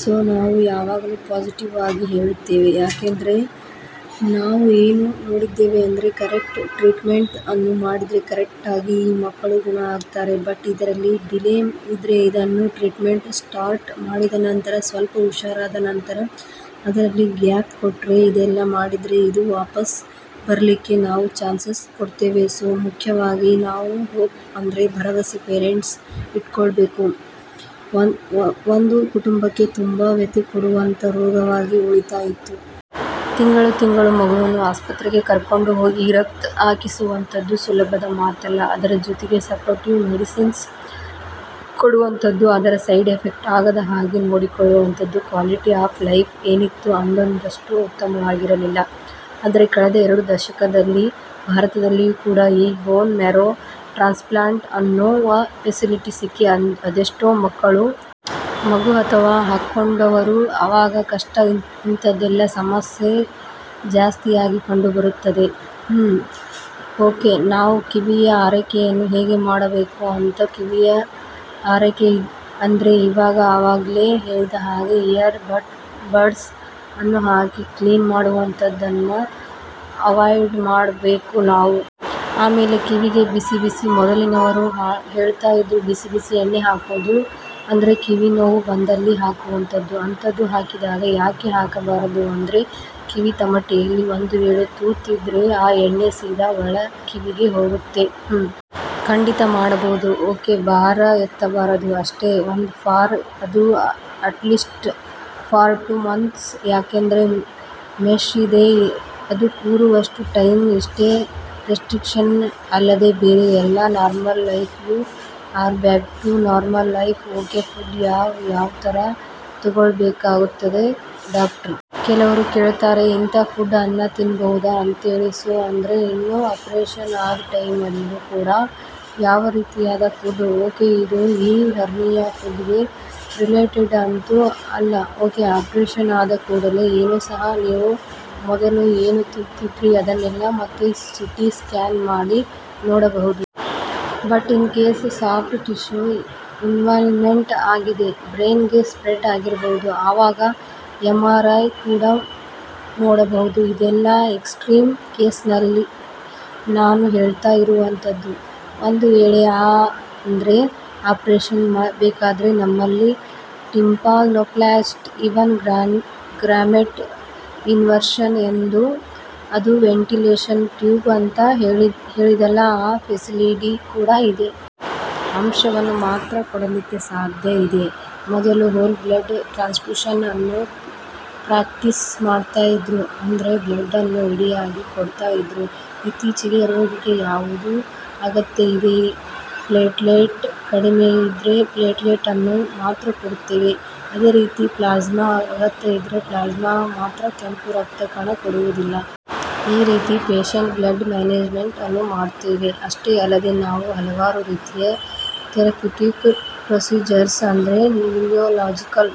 So ನಾವು ಯಾವಾಗಲೂ positive ಆಗಿ ಹೇಳುತ್ತೇವೆ ಯಾಕೆಂದ್ರೆ ನಾವು ಏನು ನೋಡಿದ್ದೇವೆ ಅಂದ್ರೆ ಕರೆಕ್ಟ್ ಟ್ರೀಟ್ಮೆಂಟ್ ಅನ್ನು ಮಾಡಿದ್ರೆ ಕರೆಕ್ಟಾಗಿ ಈ ಮಕ್ಕಳು ಗುಣ ಆಗ್ತಾರೆ ಬಟ್ ಇದರಲ್ಲಿ ಡಿಲೇ ಇದ್ರೆ ಇದನ್ನು ಟ್ರೀಟ್ಮೆಂಟ್ ಸ್ಟಾರ್ಟ್ ಮಾಡಿದ ನಂತರ ಸ್ವಲ್ಪ ಹುಷಾರಾದ ನಂತರ ಅದರಲ್ಲಿ ಗ್ಯಾಪ್ ಕೊಟ್ರೆ ಇದೆಲ್ಲ ಮಾಡಿದ್ರೆ ಇದು ವಾಪಸ್ ಬರಲಿಕ್ಕೆ ನಾವು ಚಾನ್ಸಸ್ ಕೊಡ್ತೇವೆ ಸೋ ಮುಖ್ಯವಾಗಿ ನಾವು ಹೋಪ್ ಅಂದ್ರೆ ಭರವಸೆ ಪೇರೆಂಟ್ಸ್ ಇಟ್ಕೊಳ್ಬೇಕು ಒಂದು ಕುಟುಂಬಕ್ಕೆ ತುಂಬಾ ವ್ಯಥೆ ಕೊಡುವಂತ ರೋಗವಾಗಿ ಉಳಿತಾ ಇತ್ತು. ತಿಂಗಳು ತಿಂಗಳು ಮಗುವನ್ನ ಆಸ್ಪತ್ರೆಗೆ ಕರ್ಕೊಂಡು ಹೋಗಿ ರಕ್ತ ಹಾಕಿಸುವಂತದ್ದು ಸುಲಭದ ಮಾತಲ್ಲ. ಅದರ ಜೊತೆಗೆ ಸಪೋರ್ಟಿವ್ ಮೆಡಿಸಿನ್ಸ್ ಕೊಡುವಂತದ್ದು ಅದರ ಸೈಡ್ ಎಫೆಕ್ಟ್ ಆಗದ ಹಾಗೆ ನೋಡಿಕೊಳ್ಳುವಂತದ್ದು ಕ್ವಾಲಿಟಿ ಆಫ್ ಲೈಫ್ ಏನಿತ್ತು ಅದೊಂದಷ್ಟು ಉತ್ತಮವಾಗಿರಲಿಲ್ಲ. ಆದರೆ ಕಳೆದ ಎರಡು ದಶಕದಲ್ಲಿ ಭಾರತದಲ್ಲಿಯೂ ಕೂಡ ಈ ಬೋನ್ ಮ್ಯಾರೋ ಟ್ರಾನ್ಸ್ಪ್ಲಾಂಟ್ ಅನ್ನುವ ಫೆಸಿಲಿಟಿ ಸಿಕ್ಕಿ ಅದೆಷ್ಟೋ ಮಕ್ಕಳು. ಮಗು ಅಥವಾ ಹಾಕೊಂಡವರು ಅವಾಗ ಕಷ್ಟ ಇಂತದೆಲ್ಲಾ ಸಮಸ್ಯೆ ಜಾಸ್ತಿಯಾಗಿ ಕಂಡುಬರುತ್ತದೆ. ಹುಂ. ಓಕೆ ನಾವು ಕಿವಿಯ ಆರೈಕೆಯನ್ನು ಹೇಗೆ ಮಾಡಬೇಕು ಅಂತ ಕಿವಿಯ ಆರೈಕೆ ಅಂದ್ರೆ ಇವಾಗ ಆವಾಗ್ಲೇ ಹೇಳಿದ ಹಾಗೆ ಇಯರ್ ಬಡ್ಸ್ ಅನ್ನು ಹಾಕಿ ಕ್ಲೀನ್ ಮಾಡುವಂತದ್ದನ್ನ ಅವಾಯ್ಡ್ ಮಾಡಬೇಕು ನಾವು. ಆಮೇಲೆ ಕಿವಿಗೆ ಬಿಸಿ ಬಿಸಿ ಮೊದಲಿನವರು ಹೇಳ್ತಾ ಇದ್ರು ಬಿಸಿ ಬಿಸಿ ಎಣ್ಣೆ ಹಾಕೋದು ಅಂದ್ರೆ ಕಿವಿ ನೋವು ಬಂದಲ್ಲಿ ಹಾಕುವಂತದ್ದು ಅಂತದ್ದು ಹಾಕಿದಾಗ ಯಾಕೆ ಹಾಕಬಾರದು ಅಂದ್ರೆ ಕಿವಿ ತಮಟೆಯಲ್ಲಿ ಒಂದು ವೇಳೆ ತೂತ ಇದ್ರೆ ಆ ಎಣ್ಣೆ ಸೀದಾ ಒಳಕಿವಿಗೆ ಹೋಗುತ್ತೆ. ಹುಂ. ಖಂಡಿತ ಮಾಡಬಹುದು ಓಕೆ ಭಾರ ಎತ್ತಬಾರದು ಅಷ್ಟೇ. ಒಂದು ಫಾರ್ ಅದು ಅಟ್ಲೀಸ್ಟ್ ಫಾರ್ ಟು ಮಂತ್ಸ್ ಯಾಕಂದ್ರೆ ಮೆಶ್ ಇದೆ ಅದು ಕೂರುವಷ್ಟು ಟೈಮ್ ಇಷ್ಟೇ ರೆಸ್ಟ್ರಿಕ್ಷನ್ ಅಲ್ಲದೆ ಬೇರೆ ಎಲ್ಲಾ normal life you are back to normal life. Okay food ಯಾವ್ ಯಾವ್ ತರ ತಗೊಳ್ಬೇಕಾಗುತ್ತದೆ ಡಾಕ್ಟರ್. ಕೆಲವರು ಕೇಳ್ತಾರೆ ಇಂತ ಫುಡ್ ಅನ್ನ ತಿನ್ಬಹುದಾ ಅಂತೇಳಿ ಸೋ ಅಂದ್ರೆ ಇನ್ನು ಆಪರೇಷನ್ ಆದ ಟೈಮ್ ಅಲ್ಲೂ ಕೂಡ ಯಾವ್ ರೀತಿಯಾದ ಫುಡ್. ಓಕೆ ಇದು ಈ ಹರ್ನಿಯಾ ಫುಡ್ ಗೆ ರಿಲೇಟೆಡ್ ಅಂತೂ ಅಲ್ಲ ಓಕೆ. ಆಪರೇಷನ್ ಆದ ಕೂಡಲೇ ಏನು ಸಹ ನೀವು ಮೊದಲು ಏನು ತಿಂತಿದ್ರಿ ಅದನ್ನೆಲ್ಲಾ ಮತ್ತೆ ಸಿಟಿ ಸ್ಕ್ಯಾನ್ ಮಾಡಿ ನೋಡಬಹುದು. But in case soft tissue involvement ಆಗಿದೆ. ಬ್ರೈನ್ ಗೆ ಸ್ಪ್ರೆಡ್ ಆಗಿರಬಹುದು. ಆವಾಗ ಎಂಆರ್ ಐ ಮಾಡಿ ಕೂಡ ನೋಡಬಹುದು. ಇದೆಲ್ಲಾ ಎಕ್ಸ್ಟ್ರೀಮ್ ಕೇಸಸ್ ಅಲ್ಲಿ ನಾನು ಹೇಳ್ತಾ ಇರುವಂತದ್ದು ಒಂದು ವೇಳೆ ಆ ಅಂದ್ರೆ ಆಪರೇಷನ್ ಬೇಕಾದ್ರೆ ನಮ್ಮಲ್ಲಿ ಟಿಂಪಾನೋಪ್ಲಾಸ್ಟಿ ಇವನ್ ಗ್ರಾಮೆಟ್ ಇನ್ಸರ್ಷನ್ ಅದು ವೆಂಟಿಲೇಷನ್ ಟ್ಯೂಬ್ ಅಂತ ಹೇಳಿದಲ್ಲ ಆ ಫೆಸಿಲಿಟಿ ಕೂಡ ಇದೆ. ಅಂಶವನ್ನು ಮಾತ್ರ ಕೊಡಲಿಕ್ಕೆ ಸಾಧ್ಯ ಇದೆ. ಮೊದಲು ಹೋಲ್ ಬ್ಲಡ್ ಟ್ರಾನ್ಸ್ಫ್ಯೂಷನ್ ಅನ್ನು ಪ್ರಾಕ್ಟೀಸ್ ಮಾಡ್ತಾ ಇದ್ರು. ಅಂದ್ರೆ ಬ್ಲಡ್ ಅನ್ನು ಇಡಿಯಾಗಿ ಕೊಡ್ತಾ ಇದ್ರು. ಇತ್ತೀಚೆಗೆ ರೋಗಿಗೆ ಯಾವುದು ಅಗತ್ಯ ಇದೆ ಪ್ಲೇಟ್ಲೆಟ್ ಕಡಿಮೆ ಇದ್ರೆ ಪ್ಲೇಟ್ಲೆಟ್ ಅನ್ನು ಮಾತ್ರ ಕೊಡುತ್ತೇವೆ. ಅದೇ ರೀತಿ ಪ್ಲಾಸ್ಮಾ ಅಗತ್ಯ ಇದ್ರೆ ಪ್ಲಾಸ್ಮಾ ಮಾತ್ರ ಕೆಂಪು ರಕ್ತ ಕಣ ಕೊಡುವುದಿಲ್ಲ. ಈ ರೀತಿ ಪೇಷಂಟ್ ಬ್ಲಡ್ ಮ್ಯಾನೇಜ್ಮೆಂಟ್ ಅನ್ನು ಮಾಡ್ತೇವೆ. ಅಷ್ಟೇ ಅಲ್ಲದೆ ನಾವು ಹಲವಾರು ರೀತಿಯ ಥೆರಪ್ಯೂಟಿಕ್ ಪ್ರೊಸೀಜರ್ಸ್ ಅಂದ್ರೆ ನ್ಯೂರೋಲಾಜಿಕಲ್.